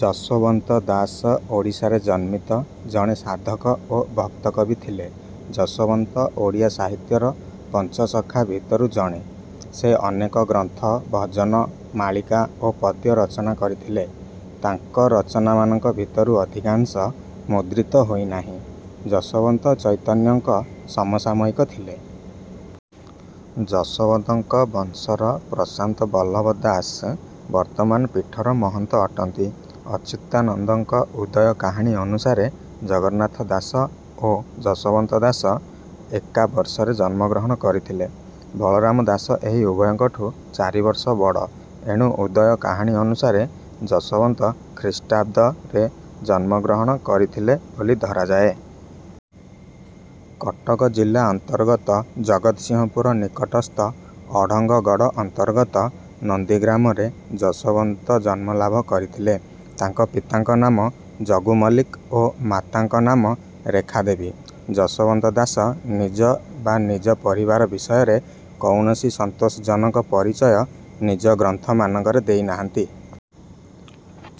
ଯଶୋବନ୍ତ ଦାସ ଓଡ଼ିଶାରେ ଜନ୍ମିତ ଜଣେ ସାଧକ ଓ ଭକ୍ତକବି ଥିଲେ। ଯଶୋବନ୍ତ ଓଡ଼ିଆ ସାହିତ୍ୟର ପଞ୍ଚସଖାଙ୍କ ଭିତରୁ ଜଣେ। ସେ ଅନେକ ଗ୍ରନ୍ଥ, ଭଜନ, ମାଳିକା ଓ ପଦ୍ୟ ରଚନା କରିଥିଲେ। ତାଙ୍କ ରଚନାମାନଙ୍କ ଭିତରୁ ଅଧିକାଂଶ ମୁଦ୍ରିତ ହୋଇନାହିଁ। ଯଶୋବନ୍ତ ଚୈତନ୍ୟଙ୍କ ସମସାମୟିକ ଥିଲେ। ଯଶୋବନ୍ତଙ୍କ ବଂଶର ପ୍ରଶାନ୍ତ ବଲ୍ଲଭ ଦାସ ବର୍ତ୍ତମାନ ପୀଠର ମହନ୍ତ ଅଟନ୍ତି। ଅଚ୍ୟୁତାନନ୍ଦଙ୍କ 'ଉଦୟ କାହାଣୀ' ଅନୁସାରେ ଜଗନ୍ନାଥ ଦାସ ଓ ଯଶୋବନ୍ତ ଦାସ ଏକା ବର୍ଷରେ ଜନ୍ମଗ୍ରହଣ କରିଥିଲେ। ବଳରାମ ଦାସ ଏହି ଉଭୟଙ୍କଠୁଁ ଚାରିବର୍ଷ ବଡ଼। ଏଣୁ 'ଉଦୟ କାହାଣୀ' ଅନୁସାରେ ଯଶୋବନ୍ତ ଖ୍ରୀଷ୍ଟାବ୍ଦ ରେ ଜନ୍ମଗ୍ରହଣ କରିଥିଲେ ବୋଲି ଧରାଯାଏ। କଟକ ଜିଲ୍ଲା ଅନ୍ତର୍ଗତ ଜଗତସିଂହପୁର ନିକଟସ୍ଥ ଅଢ଼ଙ୍ଗଗଡ଼ ଅନ୍ତର୍ଗତ ନନ୍ଦୀଗ୍ରାମରେ ଯଶୋବନ୍ତ ଜନ୍ମଲାଭ କରିଥିଲେ। ତାଙ୍କ ପିତାଙ୍କ ନାମ ଜଗୁ ମଲ୍ଲିକ ଓ ମାତାଙ୍କ ନାମ ରେଖାଦେବୀ। ଯଶୋବନ୍ତ ଦାସ ନିଜ ବା ନିଜ ପରିବାର ବିଷୟରେ କୌଣସି ସନ୍ତୋଷଜନକ ପରିଚୟ ନିଜ ଗ୍ରନ୍ଥମାନଙ୍କରେ ଦେଇନାହାନ୍ତି।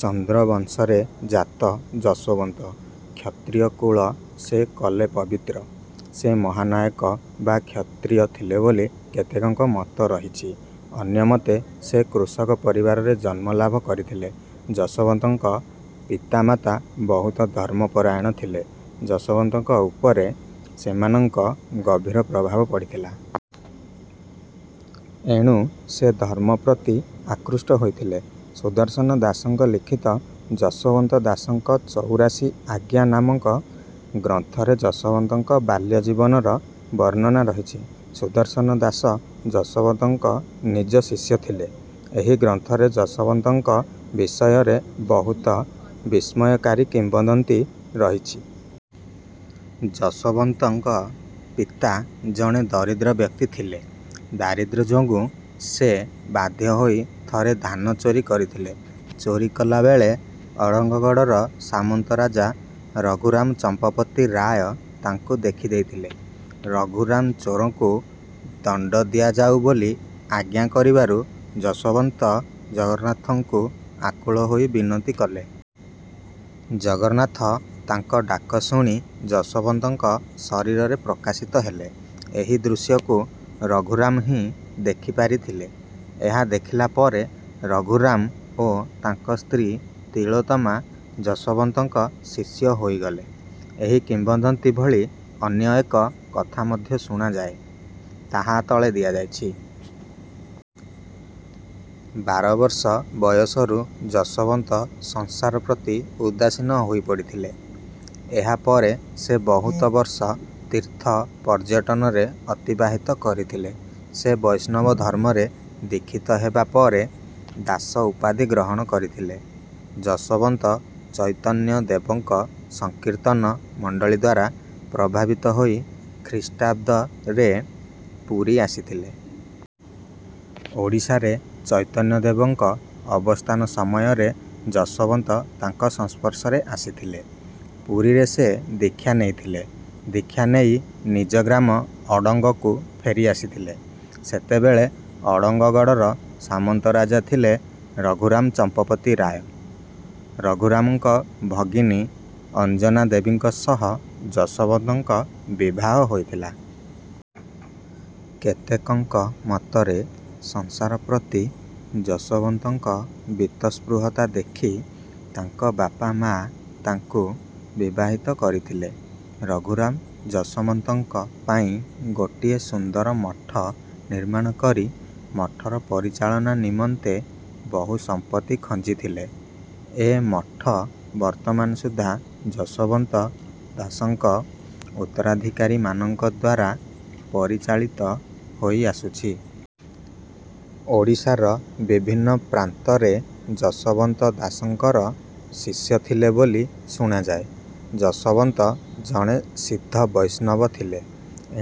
ଚନ୍ଦ୍ର ବଂଶରେ ଜାତ ଯଶୋବନ୍ତ। କ୍ଷତ୍ରିୟ କୁଳ ସେ କଲେ ପବିତ୍ର।। ସେ ମହାନାୟକ ବା କ୍ଷତ୍ରିୟ ଥିଲେ ବୋଲି କେତେକଙ୍କ ମତ ରହିଛି। ଅନ୍ୟମତେ ସେ କୃଷକ ପରିବାରରେ ଜନ୍ମଲାଭ କରିଥିଲେ। ଯଶୋବନ୍ତଙ୍କ ପିତା ମାତା ବହୁତ ଧର୍ମ ପରାୟଣ ଥିଲେ। ଯଶୋବନ୍ତଙ୍କ ଉପରେ ସେମାନଙ୍କ ଗଭୀର ପ୍ରଭାବ ପଡ଼ିଥିଲା। ଏଣୁ ସେ ଧର୍ମ ପ୍ରତି ଆକୃଷ୍ଟ ହୋଇଥିଲେ। ସୁଦର୍ଶନ ଦାସଙ୍କ ଲିଖିତ 'ଯଶୋବନ୍ତ ଦାସଙ୍କ ଚଉରାଶି ଆଜ୍ଞା' ନାମକ ଗ୍ରନ୍ଥରେ ଯଶୋବନ୍ତଙ୍କ ବାଲ୍ୟ ଜୀବନର ବର୍ଣ୍ଣନା ରହିଛି। ସୁଦର୍ଶନ ଦାସ ଯଶୋବନ୍ତଙ୍କ ନିଜ ଶିଷ୍ୟ ଥିଲେ। ଏହି ଗ୍ରନ୍ଥରେ ଯଶୋବନ୍ତଙ୍କ ବିଷୟରେ ବହୁ ବିସ୍ମୟକାରୀ କିମ୍ବଦନ୍ତୀ ରହିଛି। ଯଶୋବନ୍ତଙ୍କ ପିତା ଜଣେ ଦରିଦ୍ର ବ୍ୟକ୍ତି ଥିଲେ। ଦାରିଦ୍ର୍ୟ ଯୋଗୁଁ ସେ ବାଧ୍ୟ ହୋଇ ଥରେ ଧାନ ଚୋରି କରିଥିଲେ। ଚୋରି କଲାବେଳେ ଅଢ଼ଙ୍ଗଗଡ଼ର ସାମନ୍ତରାଜା ରଘୁରାମ ଚ଼ମ୍ପପତି ରାୟ ତାଙ୍କୁ ଦେଖିଦେଇଥିଲେ। ରଘୁରାମ ଚୋରକୁ ଦଣ୍ଡ ଦିଆଯାଉ ବୋଲି ଆଜ୍ଞା କରିବାରୁ ଯଶୋବନ୍ତ ଜଗନ୍ନାଥଙ୍କୁ ଆକୁଳ ହୋଇ ବିନତି କଲେ। ଜଗନ୍ନାଥ ତାଙ୍କ ଡାକ ଶୁଣି ଯଶୋବନ୍ତଙ୍କ ଶରୀରରେ ପ୍ରକାଶିତ ହେଲେ। ଏହି ଦୃଶ୍ୟକୁ ରଘୁରାମ ହିଁ ଦେଖିପାରିଥିଲେ। ଏହା ଦେଖିଲାପରେ ରଘୁରାମ ଓ ତାଙ୍କ ସ୍ତ୍ରୀ ତିଳୋତ୍ତମା ଯଶୋବନ୍ତଙ୍କ ଶିଷ୍ୟ ହୋଇଗଲେ। ଏହି କିମ୍ବଦନ୍ତୀ ଭଳି ଅନ୍ୟ ଏକ କଥା ମଧ୍ୟ ଶୁଣାଯାଏ। ତାହା ତଳେ ଦିଆଯାଇଛି। ବାରବର୍ଷ ବୟସରୁ ଯଶୋବନ୍ତ ସଂସାର ପ୍ରତି ଉଦାସୀନ ହୋଇପଡ଼ିଥିଲେ। ଏହା ପରେ ସେ ବହୁତ ବର୍ଷ ତୀର୍ଥ ପର୍ଯ୍ୟଟନରେ ଅତିବାହିତ କରିଥିଲେ। ସେ ବୈଷ୍ଣବ ଧର୍ମରେ ଦୀକ୍ଷିତ ହେବା ପରେ 'ଦାସ' ଉପାଧି ଗ୍ରହଣ କରିଥିଲେ। ଯଶୋବନ୍ତ ଚୈତନ୍ୟ ଦେବଙ୍କ ସଂକୀର୍ତ୍ତନ ମଣ୍ଡଳୀଦ୍ୱାରା ପ୍ରଭାବିତ ହୋଇ ଖ୍ରୀଷ୍ଟାବ୍ଦ ରେ ପୁରୀ ଆସିଥିଲେ। ଓଡ଼ିଶାରେ ଚୈତନ୍ୟ ଦେବଙ୍କ ଅବସ୍ଥାନ ସମୟରେ ଯଶୋବନ୍ତ ତାଙ୍କ ସଂସ୍ପର୍ଶରେ ଆସିଥିଲେ। ପୁରୀରେ ସେ ଦୀକ୍ଷା ନେଇଥିଲେ। ଦୀକ୍ଷା ନେଇ ନିଜ ଗ୍ରାମ ଅଢ଼ଙ୍ଗକୁ ଫେରିଆସିଥିଲେ। ସେତେବେଳେ ଅଢ଼ଙ୍ଗଗଡ଼ର ସାମନ୍ତ ରାଜା ଥିଲେ ରଘୁରାମ ଚମ୍ପପତି ରାୟ। ରଘୁରାମଙ୍କ ଭଗିନୀ ଅଞ୍ଜନା ଦେବୀଙ୍କ ସହ ଯଶୋବନ୍ତଙ୍କ ବିବାହ ହୋଇଥିଲା। କେତେକଙ୍କ ମତରେ ସଂସାର ପ୍ରତି ଯଶୋବନ୍ତଙ୍କ ବୀତସ୍ପୃହତା ଦେଖି ତାଙ୍କ ବାପା ମା ତାଙ୍କୁ ବିବାହିତ କରିଥିଲେ। ରଘୁରାମ ଯଶୋବନ୍ତଙ୍କ ପାଇଁ ଗୋଟିଏ ସୁନ୍ଦର ମଠ ନିର୍ମାଣ କରି ମଠର ପରିଚାଳନା ନିମନ୍ତେ ବହୁ ସମ୍ପତ୍ତି ଖଞ୍ଜିଥିଲେ। ଏ ମଠ ବର୍ତ୍ତମାନ ସୁଦ୍ଧା ଯଶୋବନ୍ତ ଦାସଙ୍କ ଉତ୍ତରାଧିକାରୀମାନଙ୍କଦ୍ୱାରା ପରିଚାଳିତ ହୋଇ ଆସୁଛି। ଓଡ଼ିଶାର ବିଭିନ୍ନ ପ୍ରାନ୍ତରେ ଯଶୋବନ୍ତ ଦାସଙ୍କର ଶିଷ୍ୟ ଥିଲେ ବୋଲି ଶୁଣାଯାଏ। ଯଶୋବନ୍ତ ଜଣେ ସିଦ୍ଧ ବୈଷ୍ଣବ ଥିଲେ।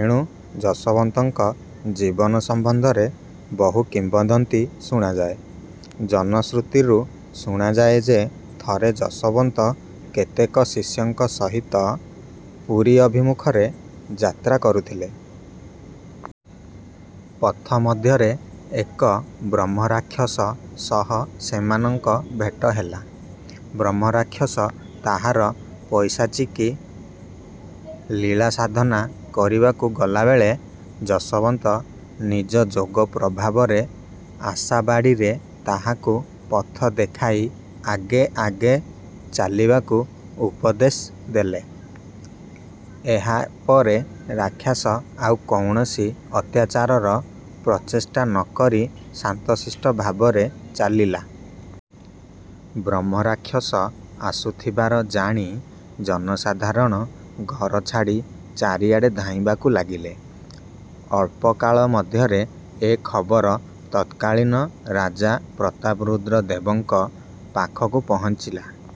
ଏଣୁ ଯଶୋବନ୍ତଙ୍କ ଜୀବନ ସମ୍ବନ୍ଧରେ ବହୁ କିମ୍ବଦନ୍ତୀ ଶୁଣାଯାଏ। ଜନଶ୍ରୁତିରୁ ଶୁଣାଯାଏ ଯେ ଥରେ ଯଶୋବନ୍ତ କେତେକ ଶିଷ୍ୟଙ୍କ ସହିତ ପୁରୀ ଅଭିମୁଖରେ ଯାତ୍ରା କରୁଥିଲେ। ପଥ ମଧ୍ୟରେ ଏକ ବ୍ରହ୍ମରାକ୍ଷସ ସହ ସେମାନଙ୍କ ଭେଟ ହେଲା। ବ୍ରହ୍ମରାକ୍ଷସ ତାହାର ପୈଶାଚିକୀ ଲୀଳା ସାଧନା କରିବାକୁ ଗଲାବେଳେ ଯଶୋବନ୍ତ ନିଜ ଯୋଗ ପ୍ରଭାବରେ ଆଶାବାଡ଼ିରେ ତାହାକୁ ପଥ ଦେଖାଇ ଆଗେ ଆଗେ ଚାଲିବାକୁ ଉପଦେଶ ଦେଲେ। ଏହା ପରେ ରାକ୍ଷସ ଆଉ କୌଣସି ଅତ୍ୟାଚାରର ପ୍ରଚେଷ୍ଟା ନ କରି ଶାନ୍ତ ଶିଷ୍ଟ ଭାବରେ ଚାଲିଲା। ବ୍ରହ୍ମରାକ୍ଷସ ଆସୁଥିବାର ଜାଣି ଜନସାଧାରଣ ଘର ଛାଡ଼ି ଚାରିଆଡ଼େ ଧାଇଁବାକୁ ଲାଗିଲେ। ଅଳ୍ପକାଳ ମଧ୍ୟରେ ଏ ଖବର ତତ୍କାଳୀନ ରାଜା ପ୍ରତାପରୁଦ୍ର ଦେବଙ୍କ ପାଖକୁ ପହଞ୍ଚିଲା।